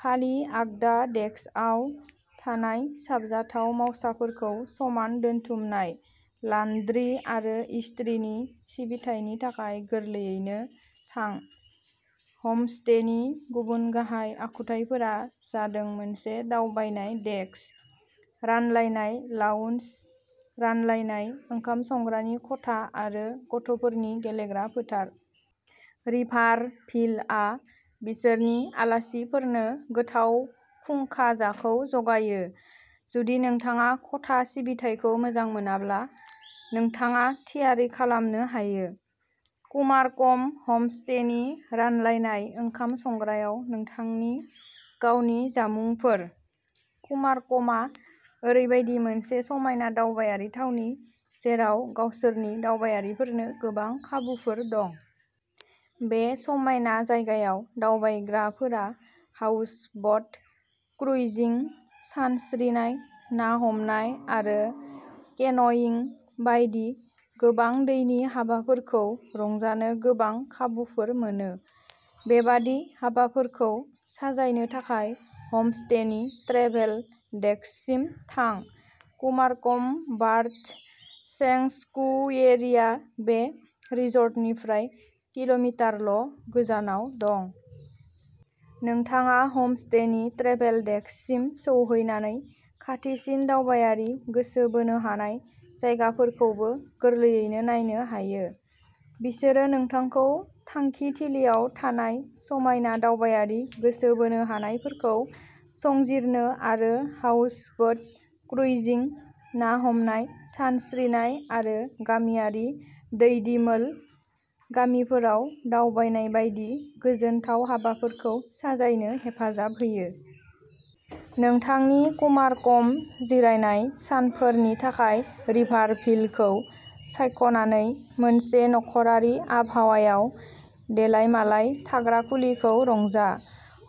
खालि आगदा डेस्कआव थानाय साबजाथाव मावसाफोरखौ समान दोनथुमनाय, लान्ड्रि आरो इस्त्रिनि सिबिथायनि थाखाय गोरलैयैनो थां। हमस्टेनि गुबुन गाहाय आखुथायफोरा जादों मोनसे दावबायनाय डेस्क, रानलायनाय लाउन्ज, रानलायनाय ओंखाम संग्रानि खथा आरो गथ'फोरनि गेलेग्रा फोथार। रिभारभिलआ बिसोरनि आलासिफोरनो गोथाव फुंखाजाखौ जगायो। जुदि नोंथाङा खथा सिबिथायखौ मोजां मोनाब्ला, नोंथाङा थियारि खालामनो हायो। कुमारकम हमस्टेनि रानलायनाय ओंखाम संग्रायाव नोंथांनि गावनि जामुंफोर। कुमारकमआ ओरैबायदि मोनसे समायना दावबायारि थावनि जेराव गावसोरनि दावबायारिफोरनो गोबां खाबुफोर दं। बे समायना जायगायाव दावबायग्राफोरा हाउसबोट क्रुइजिं, सानस्रिनाय, ना हमनाय आरो केन'इं बायदि गोबां दैनि हाबाफोरखौ रंजानो गोबां खाबुफोर मोनो। बेबादि हाबाफोरखौ साजायनो थाखाय हमस्टेनि ट्रेभेल डेस्कसिम थां। कुमारकम बार्ड सेंक्सुयेरिया बे रिसर्टनिफ्राय किल'मिटारल'गोजानाव दं। नोंथाङा हमस्टेनि ट्रेभेल डेस्कसिम सौहैनानै खाथिसिन दावबायारि गोसो बोनो हानाय जायगाफोरखौबो गोरलैयैनो नायनो हायो। बिसोरो नोंथांखौ थांखिथिलियाव थानाय समायना दावबायारि गोसो बोनो हानायफोरखौ संजिरनो आरो हाउसबोट क्रुइजिं, ना हमनाय, सानस्रिनाय आरो गामियारि दैदिमोल गामिफोराव दावबायनाय बायदि गोजोनथाव हाबाफोरखौ साजायनो हेफाजाब होयो। नोंथांनि कुमारकम जिरायनाय सानफोरनि थाखाय रिभारभिलखौ सायख'नानै मोनसे नखरारि आबहावायाव देलायमालाय थाग्रा खुलिखौ रंजा।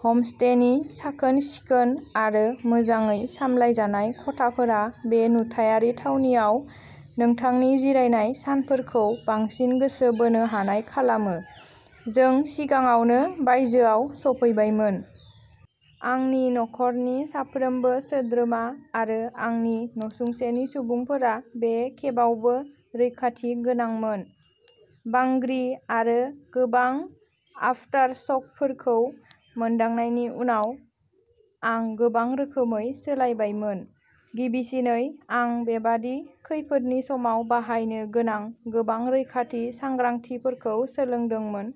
हमस्टेनि साखोन-सिखोन आरो मोजाङै सामलायजानाय खथाफोरा बे नुथायारि थावनिआव नोंथांनि जिरायनाय सानफोरखौ बांसिन गोसो बोनो हानाय खालामो। जों सिगाङावनो बायजोआव सफैबायमोन। आंनि नखरनि साफ्रोमबो सोद्रोमा आरो आंनि नसुंसेनि सुबुंफोरा बे खेबावबो रैखाथि गोनांमोन। बांग्रि आरो गोबां आफटारशकफोरखौ मोनदांनायनि उनाव, आं गोबां रोखोमै सोलायबायमोन। गिबिसिनै, आं बेबादि खैफोदनि समाव बाहायनो गोनां गोबां रैखाथि सांग्रांथिफोरखौ सोलोंदोंमोन;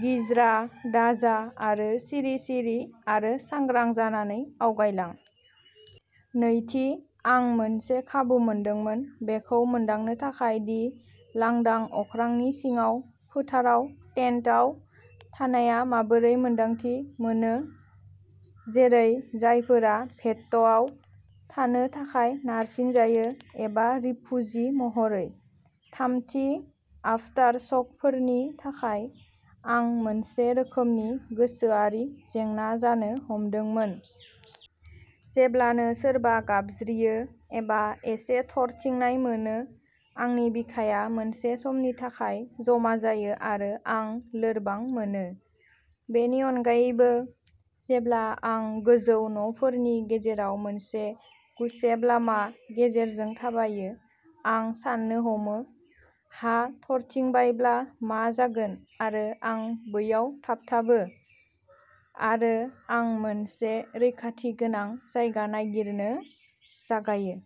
गिज्रा दाजा आरो सिरि-सिरि आरो सांग्रां जानानै आवगायलां। नैथि, आं मोनसे खाबु मोनदोंमोन बेखौ मोनदांनो थाखाय दि लांदां अख्रांनि सिङाव फोथाराव टेन्टआव थानाया माबोरै मोन्दांथि मोनो, जेरै जायफोरा घेट्ट'आव थानो थाखाय नारसिनजायो एबा रिफुजि महरै। थामथि, आफटारसकफोरनि थाखाय, आं मोनसे रोखोमनि गोसोआरि जेंना जानो हमदोंमोन। जेब्लानो सोरबा गाबज्रियो एबा एसे थरथिंनाय मोनो, आंनि बिखाया मोनसे समनि थाखाय जमा जायो आरो आं लोरबां मोनो। बेनि अनगायैबो, जेब्ला आं गोजौ न'फोरनि गेजेराव मोनसे गुसेब लामा गेजेरजों थाबायो, आं साननो हमो "हा थरथिंबायब्ला मा जागोन आरो आं बैयाव थाबथाबो? " आरो आं मोनसे रैखाथि गोनां जायगा नागिरनो जागायो।